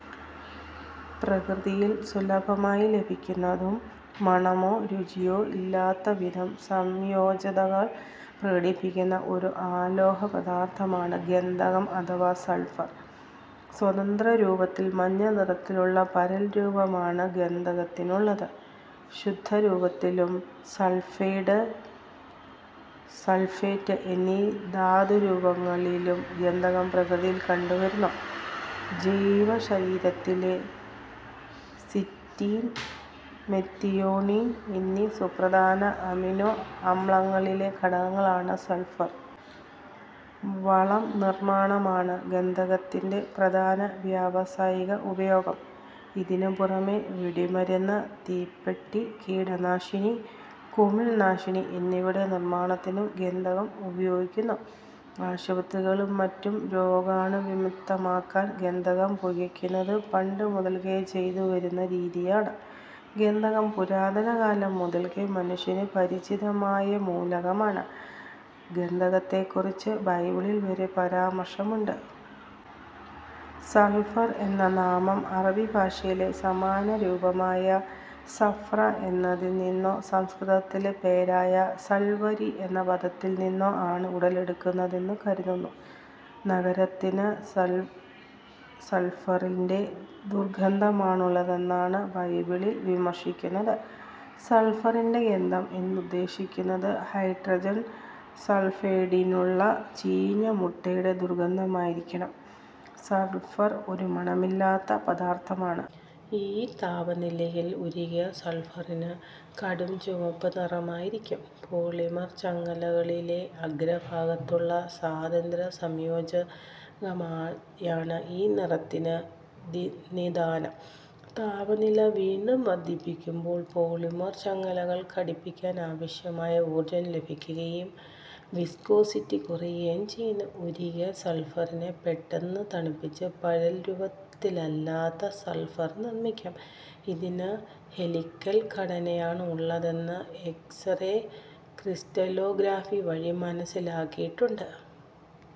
പ്രകൃതിയിൽ സുലഭമായി ലഭിക്കുന്നതും മണമോ രുചിയോ ഇല്ലാത്ത വിവിധ സംയോജകതകൾ പ്രകടിപ്പിക്കുന്ന ഒരു അലോഹ പദാർത്ഥമാണ് ഗന്ധകം അഥവാ സൾഫർ. സ്വതന്ത്രരൂപത്തിൽ മഞ്ഞ നിറത്തിലുള്ള പരൽരൂപമാണ് ഗന്ധകത്തിനുള്ളത്. ശുദ്ധരൂപത്തിലും, സൾഫൈഡ്, സൾഫേറ്റ് എന്നീ ധാതുരൂപങ്ങളിലും ഗന്ധകം പ്രകൃതിയിൽ കണ്ടുവരുന്നു. ജൈവശരീരത്തിലെ സിസ്റ്റീൻ, മെത്തിയോണിൻ എന്നീ സുപ്രധാന അമിനോ അമ്ലങ്ങളിലെ ഘടകമാണ് സൾഫർ. വളം നിർമ്മാണമാണ് ഗന്ധകത്തിന്റെ പ്രധാന വ്യാവസായിക ഉപയോഗം. ഇതിനു പുറമേ വെടിമരുന്ന്, തീപ്പെട്ടി, കീടനാശിനി, കുമിൾനാശിനി എന്നിവയുടെ നിർമ്മാണത്തിനും ഗന്ധകം ഉപയോഗിക്കുന്നു. ആശുപത്രികളും മറ്റും രോഗാണുവിമുക്തമാക്കാൻ ഗന്ധകം പുകക്കുന്നത് പണ്ടു മുതലേ ചെയ്തു വരുന്ന രീതിയാണ്. ഗന്ധകം പുരാതനകാലം മുതൽക്കേ മനുഷ്യനു പരിചിതമായ മൂലകമാണ്. ഗന്ധകത്തെക്കുറിച്ച് ബൈബിളിൽ വരെ പരാമർശമുണ്ട്. സൾഫർ എന്ന നാമം അറബി ഭാഷയിലെ സമാനരൂപമായ സഫ്ര എന്നതിൽ നിന്നോ സംസ്കൃതത്തിലെ പേരായ സൾവരി എന്ന പദത്തിൽ നിന്നോ ആണ് ഉടലെടുത്തതെന്നു കരുതുന്നു. നരകത്തിന് സൾഫറിന്റെ ദുർഗന്ധമാണുള്ളതെന്നാണ് ബൈബിളിൽ പരാമർശിക്കുന്നത്. സൾഫറിന്റെ ഗന്ധം എന്നുദ്ദേശിക്കുന്നത് ഹൈഡ്രജൻ സൾഫൈഡിനുള്ള ചീഞ്ഞ മുട്ടയുടെ ദുർഗന്ധമായിരിക്കണം, സൾഫർ ഒരു മണമില്ലാത്ത പദാർത്ഥമാണ്. ഈ താപനിലയിൽ ഉരുകിയ സൾഫറിന് കടും ചുവപ്പുനിറമായിരിക്കും. പോളിമർ ചങ്ങലകളിലെ അഗ്രഭാഗത്തുള്ള സ്വതന്ത്ര സംയോജകതയാണ് ഈ നിറത്തിന് നിദാനം. താപനില വീണ്ടും വർദ്ധിക്കുമ്പോൾ പോളിമർ ചങ്ങലകൾ വിഘടിക്കാനാവശ്യമായ ഊർജ്ജം ലഭിക്കുകയും വിസ്കോസിറ്റി കുറയുകയും ചെയ്യുന്നു. ഉരുകിയ സൾഫറിനെ പെട്ടെന്ന് തണുപ്പിച്ച് പരൽരൂപമില്ലാത്ത സൾഫർ നിർമ്മിക്കാം. ഇതിന് ഹെലിക്കൽ ഘടനയാണ് ഉള്ളതെന്ന് എക്സ്-റേ ക്രിസ്റ്റലോഗ്രഫി വഴി മനസ്സിലാക്കിയിട്ടുണ്ട്.